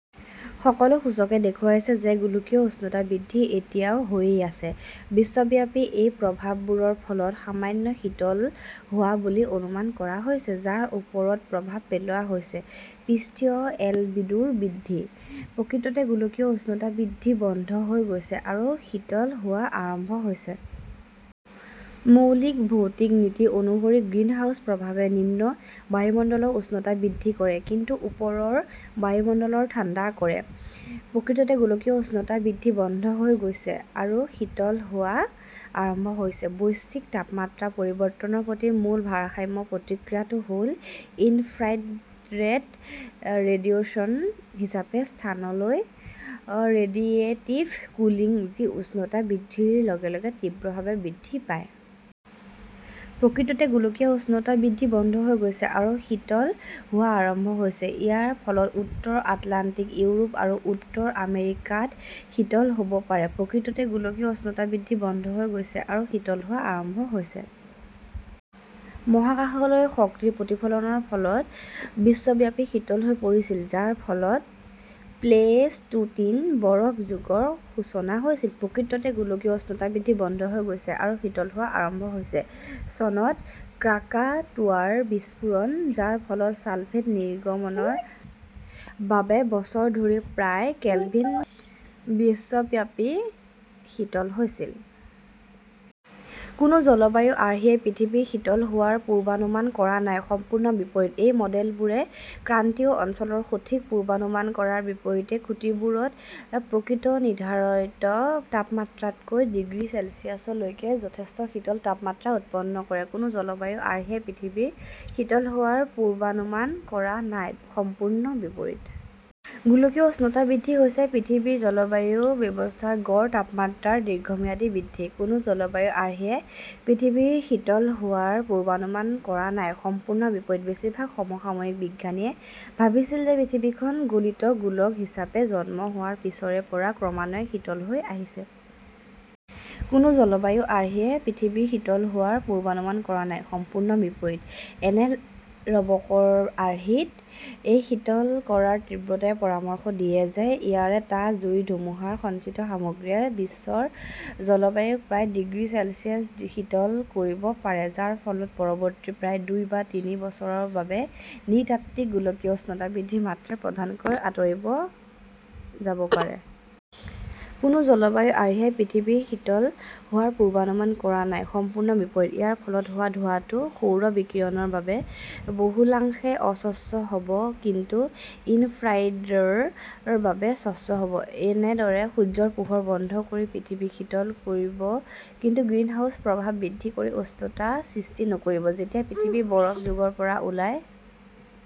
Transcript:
সকলো সূচকে দেখুৱাইছে যে গোলকীয় উষ্ণতা বৃদ্ধি এতিয়াও হৈয়েই আছে। বিশ্বব্যাপী, এই প্ৰভাৱবোৰৰ ফলত সামান্য শীতল হোৱা বুলি অনুমান কৰা হৈছে, যাৰ ওপৰত প্ৰভাৱ পেলোৱা হৈছে পৃষ্ঠীয় এলবিডোৰ বৃদ্ধি। "প্ৰকৃততে গোলকীয় উষ্ণতা বৃদ্ধি বন্ধ হৈ গৈছে আৰু শীতল হোৱা আৰম্ভ হৈছে। মৌলিক ভৌতিক নীতি অনুসৰি, গ্ৰীণহাউছ প্ৰভাৱে নিম্ন বায়ুমণ্ডলৰ উষ্ণতা বৃদ্ধি কৰে, কিন্তু ওপৰৰ বায়ুমণ্ডলৰ ঠাণ্ডা কৰে। "প্ৰকৃততে গোলকীয় উষ্ণতা বৃদ্ধি বন্ধ হৈ গৈছে আৰু শীতল হোৱা আৰম্ভ হৈছে। বৈশ্বিক তাপমাত্ৰা পৰিৱৰ্তনৰ প্ৰতি মূল ভাৰসাম্য প্ৰতিক্ৰিয়াটো হ "ল ইনফ্ৰাৰেড ৰেডিয়েশ্যন হিচাপে স্থানলৈ ৰেডিয়েটিভ কুলিং, যি উষ্ণতা বৃদ্ধিৰ লগে লগে তীব্ৰভাৱে বৃদ্ধি পায়। "প্ৰকৃততে গোলকীয় উষ্ণতা বৃদ্ধি বন্ধ হৈ গৈছে আৰু শীতল হোৱা আৰম্ভ হৈছে। ইয়াৰ ফলত উত্তৰ আটলাণ্টিক, ইউৰোপ আৰু উত্তৰ আমেৰিকাত শীতল হ "ব পাৰে। "প্ৰকৃততে গোলকীয় উষ্ণতা বৃদ্ধি বন্ধ হৈ গৈছে আৰু শীতল হোৱা আৰম্ভ হৈছে। মহাকাশলৈ শক্তিৰ প্ৰতিফলনৰ ফলত বিশ্বব্যাপী শীতল হৈ পৰিছিল, যাৰ ফলত প্লেইষ্টোচিন বৰফ যুগৰ সূচনা হৈছিল। "প্ৰকৃততে গোলকীয় উষ্ণতা বৃদ্ধি বন্ধ হৈ গৈছে আৰু শীতল হোৱা আৰম্ভ হৈছে। চনত ক্ৰাকাটোৱাৰ বিস্ফোৰণ, যাৰ ফলত ছালফেট নিৰ্গমনৰ বাবে বছৰ ধৰি প্ৰায় কেলভিন বিশ্বব্যাপী শীতল হৈছিল। কোনো জলবায়ু আৰ্হিয়ে পৃথিৱীৰ শীতল হোৱাৰ পূৰ্বানুমান কৰা নাই-সম্পূৰ্ণ বিপৰীত। এই মডেলবোৰে ক্ৰান্তীয় অঞ্চলৰ সঠিক পূৰ্বানুমান কৰাৰ বিপৰীতে, খুঁটিবোৰত প্ৰকৃত নিৰ্ধাৰিত তাপমাত্ৰাতকৈ ডিগ্ৰী চেলছিয়াছ লৈকে যথেষ্ট শীতল তাপমাত্ৰা উৎপন্ন কৰে। কোনো জলবায়ু আৰ্হিয়ে পৃথিৱীৰ শীতল হোৱাৰ পূৰ্বানুমান কৰা নাই-সম্পূৰ্ণ বিপৰীত। গোলকীয় উষ্ণতা বৃদ্ধি হৈছে পৃথিৱীৰ জলবায়ু ব্যৱস্থাৰ গড় তাপমাত্ৰাৰ দীৰ্ঘম্যাদী বৃদ্ধি। কোনো জলবায়ু আৰ্হিয়ে পৃথিৱীৰ শীতল হোৱাৰ পূৰ্বানুমান কৰা নাই-সম্পূৰ্ণ বিপৰীত। বেছিভাগ সমসাময়িক বিজ্ঞানীয়ে ভাবিছিল যে পৃথিৱীখন গলিত গোলক হিচাপে জন্ম হোৱাৰ পিছৰে পৰা ক্ৰমান্বয়ে শীতল হৈ আহিছে। কোনো জলবায়ু আৰ্হিয়ে পৃথিৱীৰ শীতল হোৱাৰ পূৰ্বানুমান কৰা নাই-সম্পূৰ্ণ বিপৰীত। এলেন ৰব 'কৰ আৰ্হিত এই শীতল কৰাৰ তীব্ৰতাই পৰামৰ্শ দিয়ে যে ইয়াৰে টা জুইৰ ধুমুহাৰ সঞ্চিত সামগ্ৰীয়ে বিশ্বৰ জলবায়ুক প্ৰায় ডিগ্ৰী চেলছিয়াছ শীতল কৰিব পাৰে, যাৰ ফলত পৰৱৰ্তী প্ৰায় দুই বা তিনি বছৰৰ বাবে নৃতাত্ত্বিক গোলকীয় উষ্ণতা বৃদ্ধিৰ মাত্ৰা প্ৰধানকৈ আঁতৰি যাব পাৰে। কোনো জলবায়ু আৰ্হিয়ে পৃথিৱীৰ শীতল হোৱাৰ পূৰ্বানুমান কৰা নাই-সম্পূৰ্ণ বিপৰীত। ইয়াৰ ফলত হোৱা ধোঁৱাটো সৌৰ বিকিৰণৰ বাবে বহুলাংশে অস্বচ্ছ হ 'ব কিন্তু ইনফ্ৰাৰেডৰ বাবে স্বচ্ছ হ' ব, এনেদৰে সূৰ্য্যৰ পোহৰ বন্ধ কৰি পৃথিৱীক শীতল কৰিব, কিন্তু গ্ৰীণহাউছ প্ৰভাৱ বৃদ্ধি কৰি উষ্ণতা সৃষ্টি নকৰিব। যেতিয়া পৃথিৱী বৰফ যুগৰ পৰা ওলাই